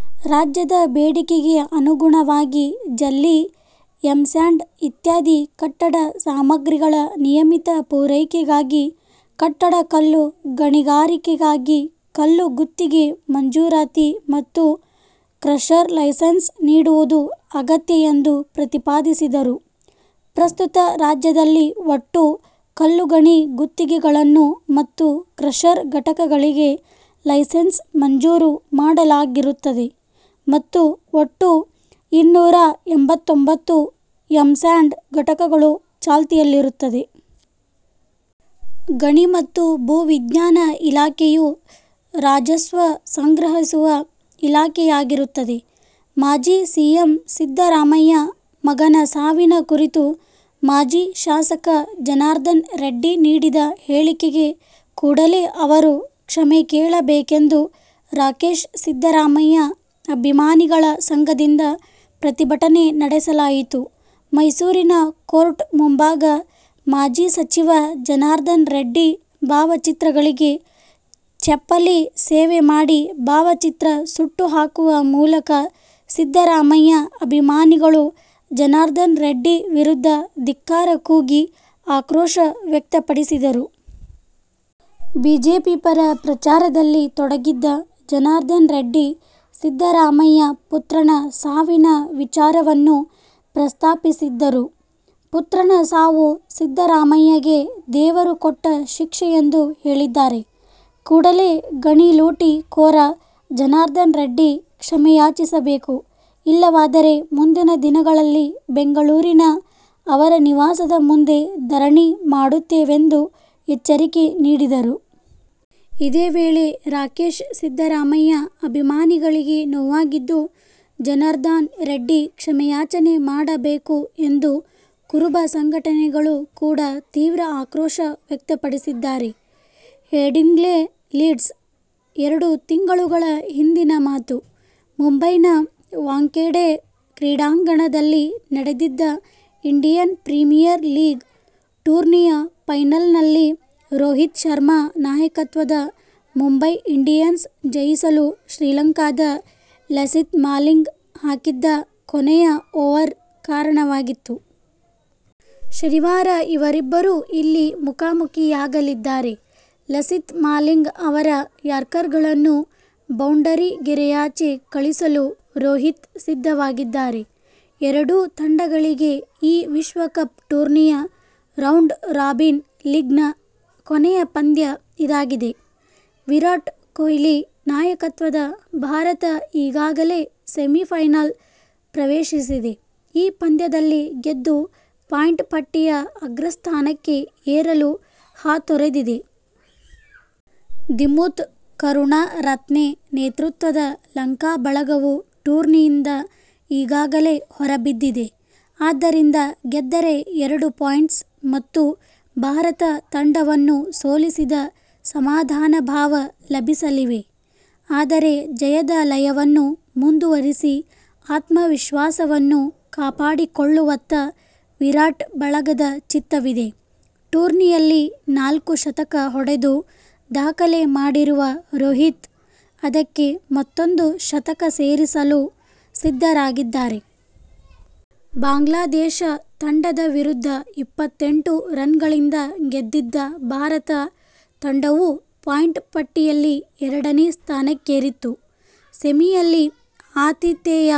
. ರಾಜ್ಯದ ಬೇಡಿಕೆಗೆ ಅನುಗುಣವಾಗಿ ಜಲ್ಲಿ, ಎಂ-ಸ್ಯಾಂಡ್ ಇತ್ಯಾದಿ ಕಟ್ಟಡ ಸಾಮಾಗ್ರಿಗಳ ನಿಯಮಿತ ಪೂರೈಕೆಗಾಗಿ ಕಟ್ಟಡ ಕಲ್ಲು ಗಣಿಗಾರಿಕೆಗಾಗಿ ಕಲ್ಲು ಗುತ್ತಿಗೆ ಮಂಜುರಾತಿ ಮತ್ತು ಕ್ರಷರ್ ಲೈಸೆನ್ಸ್ ನೀಡುವುದು ಅಗತ್ಯ ಎಂದು ಪ್ರತಿಪಾದಿಸಿದರು. ಪ್ರಸ್ತುತ ರಾಜ್ಯದಲ್ಲಿ ಒಟ್ಟು ಕಲ್ಲುಗಣಿ ಗುತ್ತಿಗೆಗಳನ್ನು ಮತ್ತು ಕ್ರಷರ್ ಘಟಕಗಳಿಗೆ ಲೈಸೆನ್ಸ್ ಮಂಜೂರು ಮಾಡಲಾಗಿರುತ್ತದೆ ಮತ್ತು ಒಟ್ಟು ಇನ್ನೂರ ಎಂಬತ್ತೊಂಬತ್ತು ಎಂ-ಸ್ಯಾಂಡ್ ಘಟಕಗಳು ಚಾಲ್ತಿಯಲ್ಲಿರುತ್ತದೆ. ಗಣಿ ಮತ್ತು ಭೂವಿಜ್ಞಾನ ಇಲಾಖೆಯು ರಾಜಸ್ವ ಸಂಗ್ರಹಿಸುವ ಇಲಾಖೆಯಾಗಿರುತ್ತದೆ. ಮಾಜಿ ಸಿಎಂ ಸಿದ್ದರಾಮಯ್ಯ ಮಗನ ಸಾವಿನ ಕುರಿತು ಮಾಜಿ ಶಾಸಕ ಜನಾರ್ದನ ರೆಡ್ಡಿ ನೀಡಿದ ಹೇಳಿಕೆಗೆ ಕೂಡಲೇ ಅವರು ಕ್ಷಮೇ ಕೇಳಬೇಕೆಂದು ರಾಕೇಶ್ ಸಿದ್ದರಾಮಯ್ಯ ಅಭಿಮಾನಿಗಳ ಸಂಘದಿಂದ ಪ್ರತಿಭಟನೆ ನಡೆಸಲಾಯಿತು. ಮೈಸೂರಿನ ಕೋರ್ಟ್ ಮುಂಭಾಗ ಮಾಜಿ ಸಚಿವ ಜನಾರ್ದನ ರೆಡ್ಡಿ ಭಾವಚಿತ್ರಗಳಿಗೆ ಚೆಪ್ಪಲಿ ಸೇವೆ ಮಾಡಿ ಭಾವಚಿತ್ರ ಸುಟ್ಟುಹಾಕುವ ಮೂಲಕ ಸಿದ್ದರಾಮಯ್ಯ ಅಭಿಮಾನಿಗಳು ಜನಾರ್ದನರೆಡ್ಡಿ ವಿರುದ್ಧ ಧಿಕ್ಕಾರ ಕೂಗಿ ಆಕ್ರೋಶ ವ್ಯಕ್ತಪಡಿಸಿದರು. ಬಿಜೆಪಿ ಪರ ಪ್ರಚಾರದಲ್ಲಿ ತೊಡಗಿದ್ದ ಜನಾರ್ದನ ರೆಡ್ಡಿ ಸಿದ್ದರಾಮಯ್ಯ ಪುತ್ರನ ಸಾವಿನ ವಿಚಾರವನ್ನು ಪ್ರಸ್ತಾಪಿಸಿದ್ದರು. ಪುತ್ರನ ಸಾವು, ಸಿದ್ದರಾಮಯ್ಯಗೆ ದೇವರು ಕೊಟ್ಟ ಶಿಕ್ಷೆ ಎಂದು ಹೇಳಿದ್ದಾರೆ. ಕೂಡಲೇ ಗಣಿ ಲೂಟಿ ಕೋರ ಜನಾರ್ಧನರೆಡ್ಡಿ ಕ್ಷಮೆಯಾಚಿಸಬೇಕು. ಇಲ್ಲವಾದರೆ ಮುಂದಿನ ದಿನಗಳಲ್ಲಿ ಬೆಂಗಳೂರಿನ ಅವರ ನಿವಾಸದ ಮುಂದೆ ಧರಣಿ ಮಾಡುತ್ತೇವೆಂದು ಎಚ್ಚರಿಕೆ ನೀಡಿದರು. ಇದೇ ವೇಳೆ ರಾಕೇಶ್ ಸಿದ್ದರಾಮಯ್ಯ ಅಭಿಮಾನಿಗಳಿಗೆ ನೋವಾಗಿದ್ದು ಜನರ್ದಾನ ರೆಡ್ಡಿ ಕ್ಷಮೇಯಾಚನೆ ಮಾಡಬೇಕು ಎಂದು ಕುರುಬ ಸಂಘಟನೆಗಳು ಕೂಡ ತೀವ್ರ ಆಕ್ರೋಶ ವ್ಯಕ್ತಪಡಿಸಿದ್ದಾರೆ. ಹೆಡಿಂಗ್ಲೆ, ಲೀಡ್ಸ್: ಎರಡು ತಿಂಗಳುಗಳ ಹಿಂದಿನ ಮಾತು. ಮುಂಬೈನ ವಾಂಖೆಡೆ ಕ್ರೀಡಾಂಗಣದಲ್ಲಿ ನಡೆದಿದ್ದ ಇಂಡಿಯನ್ ಪ್ರೀಮಿಯರ್ ಲೀಗ್ ಟೂರ್ನಿಯ ಫೈನಲ್ನಲ್ಲಿ ರೋಹಿತ್ ಶರ್ಮಾ ನಾಯಕತ್ವದ ಮುಂಬೈ ಇಂಡಿಯನ್ಸ್ ಜಯಿಸಲು ಶ್ರೀಲಂಕಾದ ಲಸಿತ್ ಮಾಲಿಂಗ ಹಾಕಿದ್ದ ಕೊನೆಯ ಓವರ್ ಕಾರಣವಾಗಿತ್ತು. ಶನಿವಾರ ಇವರಿಬ್ಬರೂ ಇಲ್ಲಿ ಮುಖಾಮುಖಿಯಾಗಲಿದ್ದಾರೆ. ಲಸಿತ್ ಮಾಲಿಂಗ ಅವರ ಯಾರ್ಕರ್ಗಳನ್ನು ಬೌಂಡರಿಗೆರೆಯಾಚೆ ಕಳಿಸಲು ರೋಹಿತ್ ಸಿದ್ಧವಾಗಿದ್ದಾರೆ. ಎರಡೂ ತಂಡಗಳಿಗೆ ಈ ವಿಶ್ವಕಪ್ ಟೂರ್ನಿಯ ರೌಂಡ್ ರಾಬಿನ್ ಲೀಗ್ನ ಕೊನೆಯ ಪಂದ್ಯ ಇದಾಗಿದೆ. ವಿರಾಟ್ ಕೊಹ್ಲಿ ನಾಯಕತ್ವದ ಭಾರತ ಈಗಾಗಲೇ ಸೆಮಿಫೈನಲ್ ಪ್ರವೇಶಿಸಿದೆ. ಈ ಪಂದ್ಯದಲ್ಲಿ ಗೆದ್ದು ಪಾಯಿಂಟ್ ಪಟ್ಟಿಯ ಅಗ್ರಸ್ಥಾನಕ್ಕೆ ಏರಲು ಹಾತೊರೆದಿದೆ. ದಿಮುತ್ ಕರುಣಾರತ್ನೆ ನೇತೃತ್ವದ ಲಂಕಾ ಬಳಗವು ಟೂರ್ನಿಯಿಂದ ಈಗಾಗಲೇ ಹೊರಬಿದ್ದಿದೆ. ಆದ್ದರಿಂದ ಗೆದ್ದರೆ ಎರಡು ಪಾಯಿಂಟ್ಸ್ ಮತ್ತು ಭಾರತ ತಂಡವನ್ನು ಸೋಲಿಸಿದ ಸಮಾಧಾನಭಾವ ಲಭಿಸಲಿವೆ. ಆದರೆ, ಜಯದ ಲಯವನ್ನು ಮುಂದುವರಿಸಿ ಆತ್ಮವಿಶ್ವಾಸವನ್ನು ಕಾಪಾಡಿಕೊಳ್ಳುವತ್ತ ವಿರಾಟ್ ಬಳಗದ ಚಿತ್ತವಿದೆ. ಟೂರ್ನಿಯಲ್ಲಿ ನಾಲ್ಕು ಶತಕ ಹೊಡೆದು ದಾಖಲೆ ಮಾಡಿರುವ ರೋಹಿತ್, ಅದಕ್ಕೆ ಮತ್ತೊಂದು ಶತಕ ಸೇರಿಸಲು ಸಿದ್ಧರಾಗಿದ್ದಾರೆ. ಬಾಂಗ್ಲಾದೇಶ ತಂಡದ ವಿರುದ್ಧ ಇಪ್ಪತ್ತೆಂಟು ರನ್ಗಳಿಂದ ಗೆದ್ದಿದ್ದ ಭಾರತ ತಂಡವು ಪಾಯಿಂಟ್ ಪಟ್ಟಿಯಲ್ಲಿ ಎರಡನೇ ಸ್ಥಾನಕ್ಕೇರಿತ್ತು. ಸೆಮಿಯಲ್ಲಿ ಆತಿಥೇಯ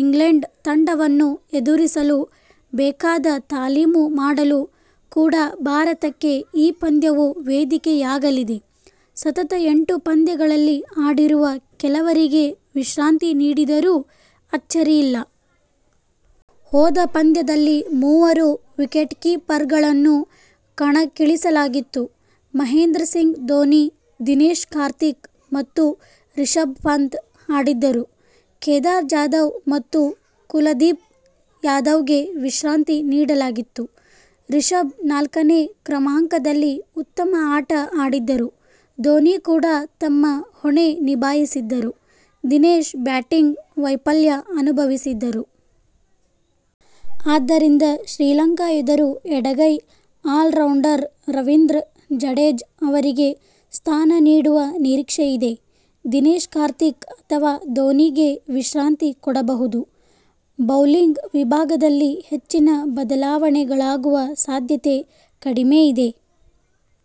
ಇಂಗ್ಲೆಂಡ್ ತಂಡವನ್ನು ಎದುರಿಸಲು ಬೇಕಾದ ತಾಲೀಮು ಮಾಡಲು ಕೂಡ ಭಾರತಕ್ಕೆ ಈ ಪಂದ್ಯವು ವೇದಿಕೆಯಾಗಲಿದೆ. ಸತತ ಎಂಟು ಪಂದ್ಯಗಳಲ್ಲಿ ಆಡಿರುವ ಕೆಲವರಿಗೆ ವಿಶ್ರಾಂತಿ ನೀಡಿದರೂ ಅಚ್ಚರಿಯಿಲ್ಲ. ಹೋದ ಪಂದ್ಯದಲ್ಲಿ ಮೂವರು ವಿಕೆಟ್ಕೀಪರ್ಗಳನ್ನು ಕಣಕ್ಕಿಳಿಸಲಾಗಿತ್ತು. ಮಹೇಂದ್ರಸಿಂಗ್ ಧೋನಿ, ದಿನೇಶ್ ಕಾರ್ತಿಕ್ ಮತ್ತು ರಿಷಭ್ ಪಂತ್ ಆಡಿದ್ದರು. ಕೇದಾರ್ ಜಾಧವ್ ಮತ್ತು ಕುಲದೀಪ್ ಯಾದವ್ಗೆ ವಿಶ್ರಾಂತಿ ನೀಡಲಾಗಿತ್ತು. ರಿಷಭ್ ನಾಲ್ಕನೇ ಕ್ರಮಾಂಕದಲ್ಲಿ ಉತ್ತಮ ಆಟ ಆಡಿದ್ದರು. ಧೋನಿ ಕೂಡ ತಮ್ಮ ಹೊಣೆ ನಿಭಾಯಿಸಿದ್ದರು. ದಿನೇಶ್ ಬ್ಯಾಟಿಂಗ್ ವೈಫಲ್ಯ ಅನುಭವಿಸಿದ್ದರು. ಆದ್ದರಿಂದ ಶ್ರೀಲಂಕಾ ಎದುರು ಎಡಗೈ ಆಲ್ರೌಂಡರ್ ರವೀಂದ್ರ ಜಡೇಜ ಅವರಿಗೆ ಸ್ಥಾನ ನೀಡುವ ನಿರೀಕ್ಷೆ ಇದೆ. ದಿನೇಶ್ ಕಾರ್ತಿಕ್ ಅಥವಾ ಧೋನಿಗೆ ವಿಶ್ರಾಂತಿ ಕೊಡಬಹುದು. ಬೌಲಿಂಗ್ ವಿಭಾಗದಲ್ಲಿ ಹೆಚ್ಚಿನ ಬದಲಾವಣೆಗಳಾಗುವ ಸಾಧ್ಯತೆ ಕಡಿಮೆ ಇದೆ.